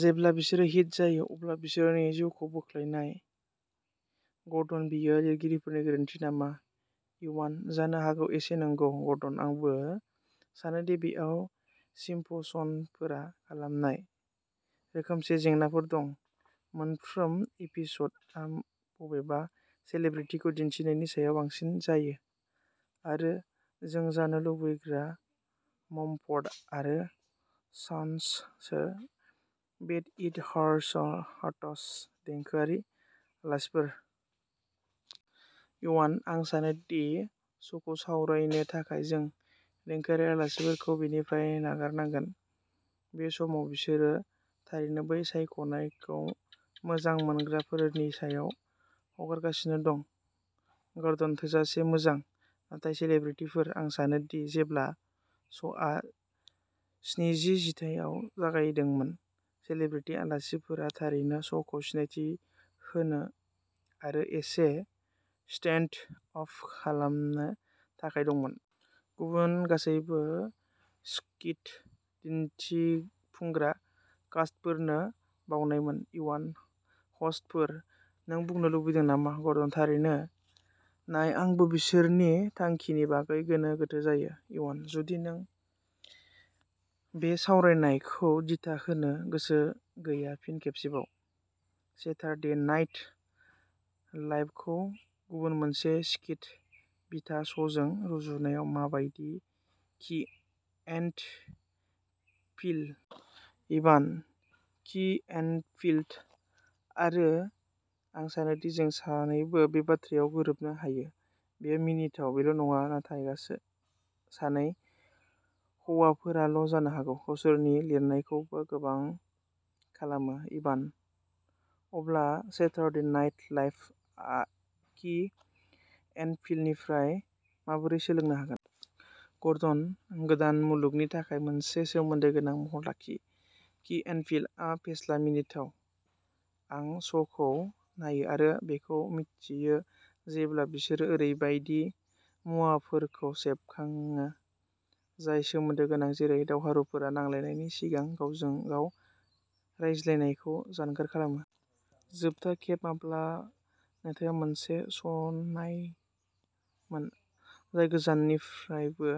जेब्ला बिसोरो हिट जायो अब्ला बिसोरनि जिउखौ बोख्लायनाय। गर्डनः बेयो लिरगिरिफोरनि गोरोन्थि नामा? इवानः जानो हागौ एसे, नंगौ। गर्डनः आंबो सानो दि बेयाव सिम्पसनफोरा खालामनाय रोखोमसे जेंनाफोर दं। मोनफ्रोम एपिसडआ बबे सेलेब्रिटिखौ दिन्थिनायनि सायाव बांसिन जायो आरो "जों जानो लुबैग्रा मम्फर्ड आरो Sons so bad it hurts देंखोआरि आलासिफोर। इवानः आं सानो दि श'खौ सावरायनो थाखाय जों देंखोआरि आलासिफोरखौ बेनिफ्राय नागारनांगोन। बे समाव बिसोरो थारैनो बै सायख'नायखौ मोजां मोनग्राफोरनि सायाव हगारगासिनो दं। गर्डनः थोजासे मोजां। नाथाय सेलेब्रिटिफोर। आं सानोदि जेब्ला श'आ स्निजि जिथाइयाव जागायदोंमोन, सेलेब्रिटि आलासिफोरा थारैनो श'खौ सिनायथि होनो आरो एसे स्टेन्ड आप खालामनो थाखाय दंमोन। गुबुन गासैबो स्किट दिन्थिफुंग्रा कास्टफोरनो बावनायमोन। इवानः हस्टफोर, नों बुंनो लुबैदों नामा? गर्डनः थारैनो, नाय आंबो बिसोरनि थांखिनि बागै गोनो गोथो जायो। इवानः जुदि नों बे सावरायनायखौ दिथा होनो गोसो गैया फिन खेबसेबाव, सेटारडे नाइट लाइप खौ गुबुन मोनसे स्किट बिथा श'जों रुजुनाया मा बायदि की एन्ड पील। इभानः की एन्ड पील आरो आं सानोदि जों सानैबो बे बाथ्रायाव गोरोबनो हायो, बेयो मिनिथाव। बेल'नङा, नाथाय सानै हौवाफोराल' जानो हागौ, गावसोरनि लिरनायखौबो गोबां खालामो। इभानः अब्ला सेटारसडे नाइट लाइप आ की एन्ड पीलनिफ्राय माबोरै सोलोंनो हागोन? गर्डनः गोदान मुलुगनि थाखाय मोनसे सोमोन्दो गोनां महर लाखि। की एन्ड पीलआ फेस्ला, मिनिथाव। आं श'खौ नायो आरो बेखौ मिथियो जेब्ला बिसोरो ओरैबायदि मुवाफोरखौ सेबखांयो जाय सोमोन्दो गोनां जेरै दावहारुफोरा नांलायनायनि सिगां गावजों गाव रायलायनायखौ जानगार खालामो। जोबथा खेब माब्ला नोंथाङा मोनसे श'नायमोन जाय गोजाननिफ्रायबो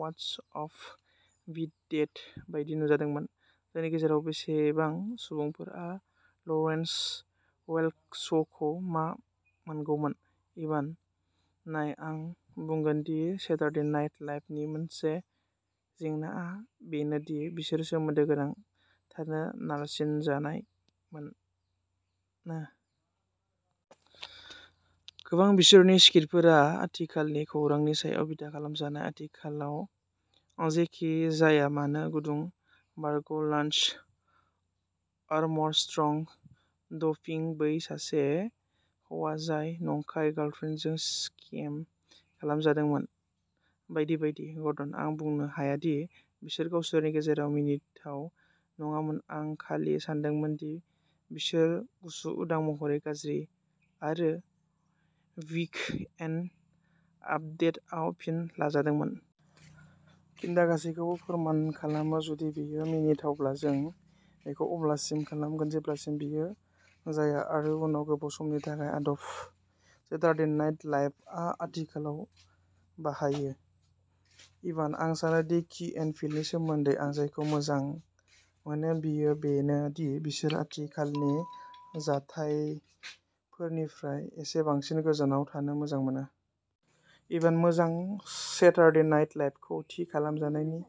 "वाटस आप विद देट" बायदि नुजादोंमोन? जोंनि गेजेराव बेसेबां सुबुंफोरा लरेन्स वेल्क श'खौ मा मोनगौमोन? इभानः नाय, आं बुंगोन दि सेटारसदे नाइट लाइप नि मोनसे जेंनाआ बेनो दि बिसोरो सोमोन्दो गोनां थानो नारसिनजानाय मोनो। गोबां बिसोरनि स्किटफोरा आथिखालनि खौरांनि सायाव बिथा खालामजानाय, आथिखालाव जेखि जाया मानो गुदुं बारग'लान्स आर्मस्ट्रं ड'पिं, बै सासे हौवा जाय नंखाय गार्लफ्रेन्डजों स्केम खालामजादोंमोन, बायदि बायदि। गर्डनः आं बुंनो हाया दि बिसोर गावसोरनि गेजेराव मिनिथाव नङामोन आं खालि सानदोंमोन दि बिसोर गुसु उदां महरै गाज्रि आरो वीक एन्ड आपदेटआव फिन लाजादोंमोन। किन्डा गासैखौ फोरमान खालामो जुदि बेयो मिनिथावब्ला जों बेखौ अब्लासिम खालामगोन जेब्लासिम बेयो जाया आरो उनाव गोबाव समनि थाखाय आदब सेटारडे नाइट लाइपआ आथिखालाव बाहायो। इभानः आं सानोदि की एन्ड पीलनि सोमोन्दै आं जायखौ मोजां मोनो बेयो बेनो दि बिसोर आथिखालनि जाथायफोरनिफ्राय एसे बांसिन गोजानाव थानो मोजां मोनो। इभानः मोजां सेटारडे नाइट लाइपखौ थि खालामनायनि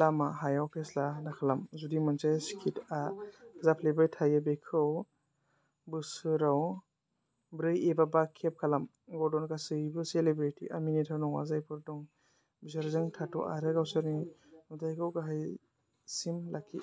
लामा, हायाव फेस्ला दाखालाम। जुदि मोनसे स्किटआ जाफ्लेबाय थायो, बेखौ बोसोराव ब्रै एबा बा खेब खालाम। गर्डनः गासैबो सेलेब्रिटीआ मिनिथाव नङा। जायफोरा दं बिसोरजों थाथ ' आरो गावसोरनि नुथायखौ गाहायसिम लाखि।